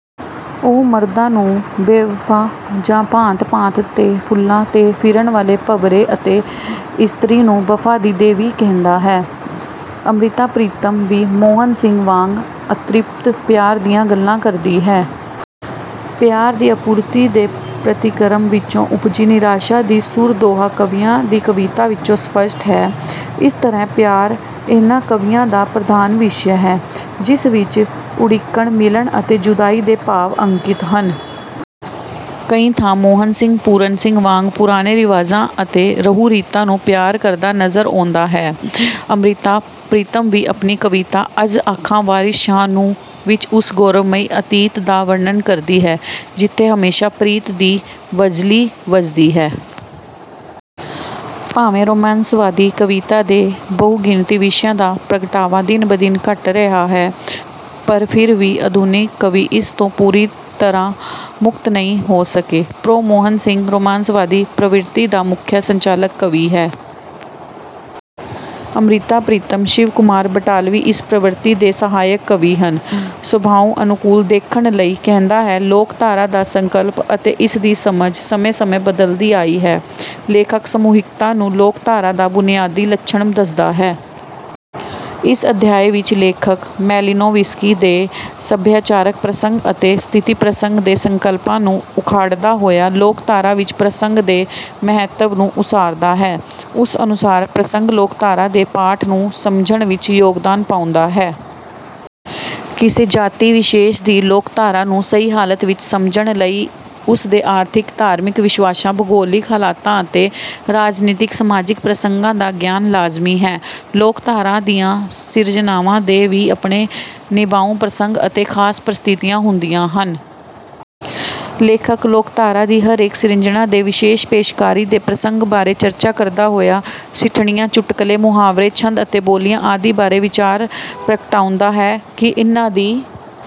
ਉਹ ਮਰਦਾਂ ਨੂੰ ਬੇਵਫਾ ਜਾਂ ਭਾਂਤ ਭਾਂਤ ਦੇ ਫੁੱਲਾਂ ਤੇ ਫਿਰਨ ਵਾਲੇ ਭੌਰੇ ਅਤੇ ਇਸਤਰੀ ਨੂੰ ਵਫਾ ਦੀ ਦੇਵੀ ਕਹਿੰਦਾ ਹੈ। ਅਮ੍ਰਿਤਾ ਪ੍ਰੀਤਮ ਵੀ ਮੋਹਨ ਸਿੰਘ ਵਾਂਗ ਅਤ੍ਰਿਪਤ ਪਿਆਰ ਦੀਆਂ ਗੱਲਾਂ ਕਰਦੀ ਹੈ। ਪਿਆਰ ਦੀ ਅਪੂਰਤੀ ਦੇ ਪ੍ਰਤੀਕਰਮ ਵਿੱਚੋਂ ਉਪਜੀ ਨਿਰਾਸ਼ਾ ਦੀ ਸੁਰ ਦੋਹਾਂ ਕਵੀਆਂ ਦੀ ਕਵਿਤਾ ਵਿੱਚ ਸਪੱਸ਼ਟ ਹੈ। ਇਸ ਤਰ੍ਹਾਂ ਪਿਆਰ ਇਹਨਾਂ ਕਵੀਆਂ ਦਾ ਪ੍ਰਧਾਨ ਵਿਸ਼ਾ ਹੈ ਜਿਸ ਵਿੱਚ ਉਡੀਕਣ ਮਿਲਣ ਅਤੇ ਜੁਦਾਈ ਦੇ ਭਾਵ ਅੰਕਿਤ ਹਨ। ਕਈ ਥਾਂ ਮੋਹਨ ਸਿੰਘ ਪੂਰਨ ਸਿੰਘ ਵਾਂਗ ਪੁਰਾਣੇ ਰਿਵਾਜਾਂ ਅਤੇ ਰਹੁ ਰੀਤਾਂ ਨੂੰ ਪਿਆਰ ਕਰਦਾ ਨਜ਼ਰ ਆਉਂਦਾ ਹੈ। ਅਮ੍ਰਿਤਾ ਪ੍ਰੀਤਮ ਵੀ ਆਪਣੀ ਕਵਿਤਾ ਅੱਜ ਆਖਾਂ ਵਾਰਿਸ ਸ਼ਾਹ ਨੂੰ ਵਿੱਚ ਉਸ ਗੌਰਵਮਈ ਅਤੀਤ ਦਾ ਵਰਣਨ ਕਰਦੀ ਹੈ ਜਿੱਥੇ ਹਮੇਸ਼ਾ ਪ੍ਰੀਤ ਦੀ ਵੰਝਲੀ ਵੱਜਦੀ ਹੈ। ਭਾਵੇਂ ਰੁਮਾਂਸਵਾਦੀ ਕਵਿਤਾ ਦੇ ਬਹੁ ਗਿਣਤੀ ਵਿਸ਼ਿਆਂ ਦਾ ਪ੍ਰਗਟਾਵਾ ਦਿਨ ਬ ਦਿਨ ਘੱਟ ਰਿਹਾ ਹੈ ਪਰ ਫਿਰ ਵੀ ਆਧੁਨਿਕ ਕਵੀ ਇਸ ਤੋਂ ਪੂਰੀ ਤਰ੍ਹਾਂ ਮੁਕਤ ਨਹੀਂ ਹੋ ਸਕੇ। ਪ੍ਰੋ ਮੋਹਨ ਸਿੰਘ ਰੁਮਾਂਸਵਾਦੀ ਪ੍ਰਵਿਰਤੀ ਦਾ ਮੁੱਖ ਸੰਚਾਲਕ ਕਵੀ ਹੈ। ਅਮ੍ਰਿਤਾ ਪ੍ਰੀਤਮ ਸ਼ਿਵ ਕੁਮਾਰ ਬਟਾਲਵੀ ਇਸ ਪ੍ਰਵਿਰਤੀ ਦੇ ਸਹਾਇਕ ਕਵੀ ਹਨ। ਸੁਭਾਅ ਅਨੁਕੂਲ ਦੇਖਣ ਲਈ ਕਹਿੰਦਾ ਹੈ। ਲੋਕਧਾਰਾ ਦਾ ਸੰਕਲਪ ਅਤੇ ਇਸਦੀ ਸਮਝ ਸਮੇਂ ਸਮੇਂ ਬਦਲਦੀ ਆਈ ਹੈ। ਲੇਖਕ ਸਮੂਹਿਕਤਾ ਨੂੰ ਲੋਕਧਾਰਾ ਦਾ ਬੁਨਿਆਦੀ ਲੱਛਣ ਦੱਸਦਾ ਹੈ। ਇਸ ਅਧਿਆਇ ਵਿੱਚ ਲੇਖਕ ਮੈਲੀਨੋਵਿਸਕੀ ਦੇ ਸਭਿਆਚਾਰਕ ਪ੍ਰਸੰਗ ਅਤੇ ਸਥਿਤੀ ਪ੍ਰਸੰਗ ਦੇ ਸੰਕਲਪਾਂ ਨੂੰ ਉਘਾੜਦਾ ਹੋਇਆ ਲੋਕਧਾਰਾ ਵਿੱਚ ਪ੍ਰਸੰਗ ਦੇ ਮਹੱਤਵ ਨੂੰ ਉਸਾਰਦਾ ਹੈ। ਉਸ ਅਨੁਸਾਰ ਪ੍ਰਸੰਗ ਲੋਕਧਾਰਾ ਦੇ ਪਾਠ ਨੂੰ ਸਮਝਣ ਵਿੱਚ ਯੋਗਦਾਨ ਪਾਉਂਦਾ ਹੈ। ਕਿਸੇ ਜਾਤੀ ਵਿਸ਼ੇਸ਼ ਦੀ ਲੋਕਧਾਰਾ ਨੂੰ ਸਹੀ ਹਾਲਤ ਵਿੱਚ ਸਮਝਣ ਲਈ ਉਸ ਦੇ ਆਰਥਿਕ ਧਾਰਮਿਕ ਵਿਸ਼ਵਾਸਾਂ ਭੂਗੋਲਿਕ ਹਾਲਤਾਂ ਅਤੇ ਰਾਜਨੀਤਕ ਸਮਾਜਕ ਪ੍ਰਸੰਗਾਂ ਦਾ ਗਿਆਨ ਲਾਜ਼ਮੀ ਹੈ। ਲੋਕਧਾਰਾ ਦੀਆਂ ਸਿਰਜਣਾਵਾਂ ਦੇ ਵੀ ਆਪਣੇ ਨਿਭਾਉ ਪ੍ਰਸੰਗ ਅਤੇ ਖਾਸ ਪਰੀਸਥਿਤੀਆਂ ਹੁੰਦੀਆਂ ਹਨ। ਲੇਖਕ ਲੋਕਧਾਰਾ ਦੀ ਹਰੇਕ ਸਿਰਜਣਾ ਦੇ ਵਿਸ਼ੇਸ਼ ਪੇਸ਼ਕਾਰੀ ਦੇ ਪ੍ਰਸੰਗ ਬਾਰੇ ਚਰਚਾ ਕਰਦਾ ਹੋਇਆ ਸਿੱਠਣੀਆਂ ਚੁਟਕੁਲੇ ਮੁਹਾਵਰੇ ਛੰਦ ਅਤੇ ਬੋਲੀਆਂ ਆਦਿ ਬਾਰੇ ਵਿਚਾਰ ਪ੍ਰਗਟਾਉਂਦਾ ਹੈ ਕਿ ਇਨ੍ਹਾਂ ਦੀ